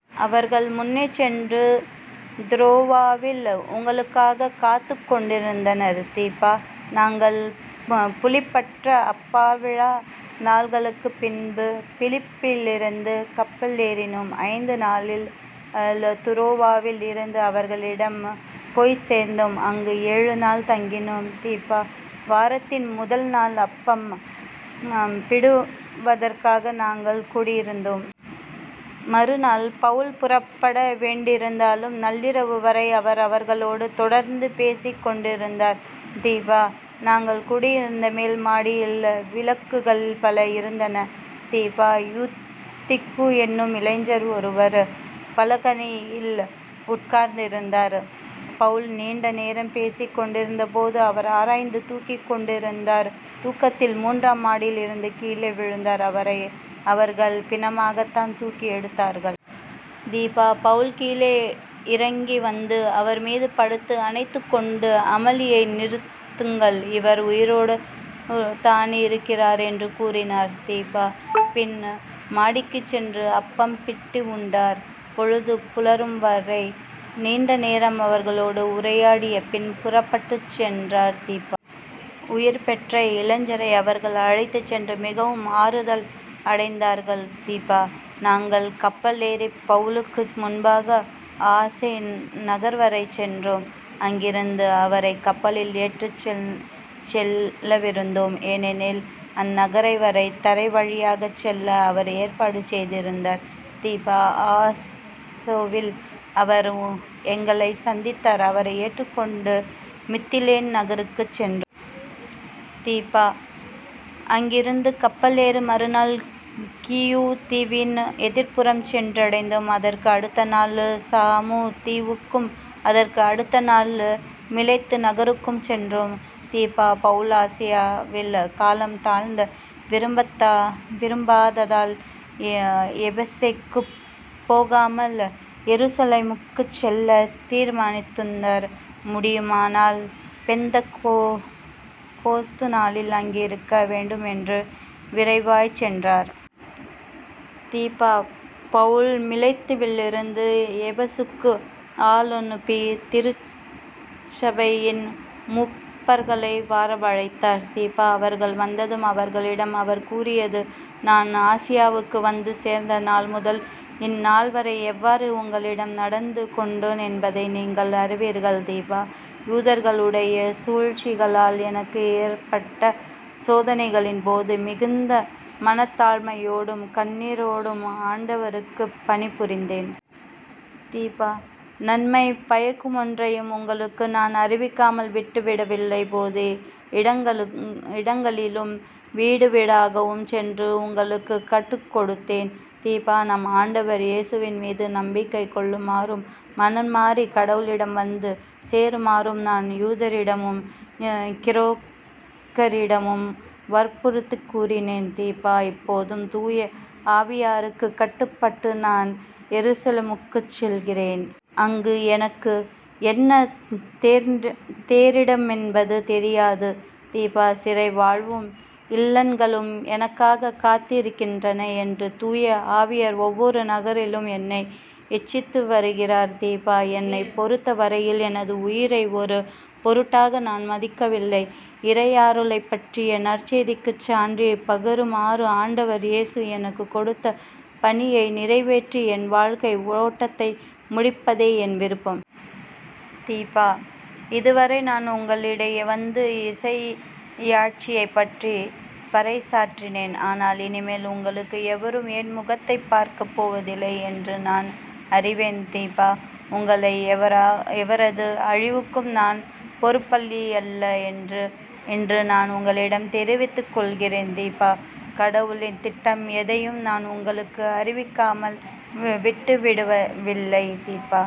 அவர்கள் முன்னே சென்று துரோவாவில் எங்களுக்காகக் காத்துக் கொண்டிருந்தனர். திப. நாங்கள் புளிப்பற்ற அப்பவிழா நாள்களுக்குப் பின்பு பிலிப்பியிலிருந்து கப்பலேறினோம். ஐந்து நாளில் துரோவாவில் இருந்த அவர்களிடம் போய்ச் சேர்ந்தோம். அங்கு ஏழு நாள் தங்கினோம். திப. வாரத்தின் முதள் நாள் அப்பம் பிடுவதற்காக நாங்கள் கூடியிருந்தோம். மறுநாள் பவுல் புறப்பட வேண்டியிருந்ததால் நள்ளிரவு வரை அவர் அவர்களோடு தொடர்ந்து பேசிக் கொண்டேயிருந்தார். திப. நாங்கள் கூடியிருந்த மேல் மாடியில் விளக்குகள் பல இருந்தன. திப. யூத்திகு என்னும் இளைஞர் ஒருவர் பலகணியில் உட்கார்ந்திருந்தார். பவுல் நீண்ட நேரம் பேசிக் கொண்டிருந்தபோது அவர் அயர்ந்து தூங்கிக் கொண்டிருந்தார் தூக்கத்தில் மூன்றாம் மாடியிலிருந்து கீழே விழுந்தார் அவரை அவர்கள் பிணமாகத்தான் தூக்கி எடுத்தார்கள். திப. பவுல் கீழே இறங்கி வந்து அவர் மீது படுத்து அணைத்துக்கொண்டு " அமளியை நிறுத்துங்கள் இவர் உயிரோடுதானியிருக்கிறார் " என்று கூறினார். திப. பின் மாடிக்குச் சென்று அப்பம் பிட்டு உண்டார். பொழுது புலரும் வரை நீண்ட நேரம் அவர்களோடு உரையாடியபின் புறப்பட்டுச்சென்றார். திப. உயிர்பெற்ற இளைஞரை அவர்கள் அழைத்துச்சென்று மிகவும் ஆறுதல் அடைந்தார்கள். திப. நாங்கள் கப்பலேறிப் பவுலுக்கு முன்பாக ஆசொ நகர்வரை சென்றோம். அங்கிருந்து அவரைக் கப்பலில் ஏற்றிச்செல்லவிருந்தோம். ஏனெனில் அந்நகர்வரை தரைவழியாகச் செல்ல அவர் ஏற்பாடு செய்தியிருந்தார். திப. ஆசொவில் அவர் எங்களைச் சந்தித்தார் அவரை ஏற்றிக்கொண்டு மித்திலேன் நகருக்குச் சென்றோம். திப. அங்கிருந்து கப்பலேறி மறுநாள் கீயு தீவின் எதிர்ப்புறம் சென்றடைந்தோம். அதற்கு அடுத்த நாள் சாமு தீவுக்கும், அதற்கு அடுத்த நாள் மிலேத்து நகருக்கும் சென்றோம். திப. பவுல் ஆசியாவில் காலம் தாழ்த்த விரும்பாததால் எபேசுக்குப் போகாமலே எருசலேமுக்குச் செல்லத் தீர்மானித்திருந்தார். முடியுமானால் பெந்தக்கோஸ்து நாளில் அங்கிருக்க வேண்டும் என்று விரைவாய்ச் சென்றார். திப. பவுல் மிலேத்துவிலிருந்து எபேசுக்கு ஆளனுப்பி திருச்சபையின் மூப்பர்களை வரவழைத்தார். திப. அவர்கள் வந்ததும் அவர்களிடம் அவர் கூறியது " நான் ஆசியாவுக்கு வந்து சேர்ந்த நாள்முதல் இந்நாள்வரை எவ்வாறு உங்களிடம் நடந்து கொண்டேன் என்பதை நீங்கள் அறிவீர்கள். திப. யூதர்களுடைய சூழ்ச்சிகளால் எனக்கு ஏற்பட்ட சோதனைகளின்போது மிகுந்த மனத்தாழ்மையோடும் கண்ணீரோடும் ஆண்டவருக்குப் பணிபுரிந்தேன். திப. நன்மை பயக்குமொன்றையும் உங்களுக்கு நான் அறிவிக்காமல் விட்டு விடவில்லை. பொது இடங்களிலும் வீடுவீடாகவும் சென்று உங்களுக்குக் கற்றுக் கொடுத்தேன். திப. நம் ஆண்டவர் இயேசுவின் மீது நம்பிக்கை கொள்ளுமாறும் மனம்மாறி கடவுளிடம் வந்து சேருமாறும் நான் யூதரிடமும் கிரேக்கரிடமும் வற்புறுத்திக் கூறினேன். திப. இப்போதும் தூய ஆவியாருக்குக் கட்டுப்பட்டு நான் எருசலேமுக்குச் செல்லுகிறேன். அங்கு எனக்கு என்ன நேரிடுமென்பது தெரியாது. திப. சிறை வாழ்வும் இன்னல்களும் எனக்காகக் காத்திருக்கின்றன என்று தூய ஆவியார் ஒவ்வொரு நகரிலும் என்னை எச்சித்து வருகிறார். திப. என்னைப் பொறுத்த வரையில் எனது உயிரை ஒரு பொருட்டாக நான் மதிக்கவில்லை. இறையருளைப் பற்றிய நற்செய்திக்குச் சான்று பகருமாறு ஆண்டவர் இயேசு எனக்குக் கொடுத்த பணியை நிறைவேற்றி என் வாழ்க்கை ஓட்டத்தை முடிப்பதே என் விருப்பம். திப. இதுவரை நான் உங்களிடையே வந்து இறையாட்சியைப் பற்றி பறைசாற்றினேன். ஆனால் இனிமேல் உங்களுள் எவரும் என் முகத்தைப் பார்க்கப் போவதில்லை என்று நான் அறிவேன். திப. உங்களுள் எவரது அழிவுக்கும் நான் பொறுப்பாளியல்ல என்று இன்று நான் உங்களிடம் தெரிவித்துக் கொள்கிறேன். திப. கடவுளின் திட்டம் எதையும் நான் உங்களுக்கு அறிவிக்காமல் விட்டுவிடவில்லை. திப.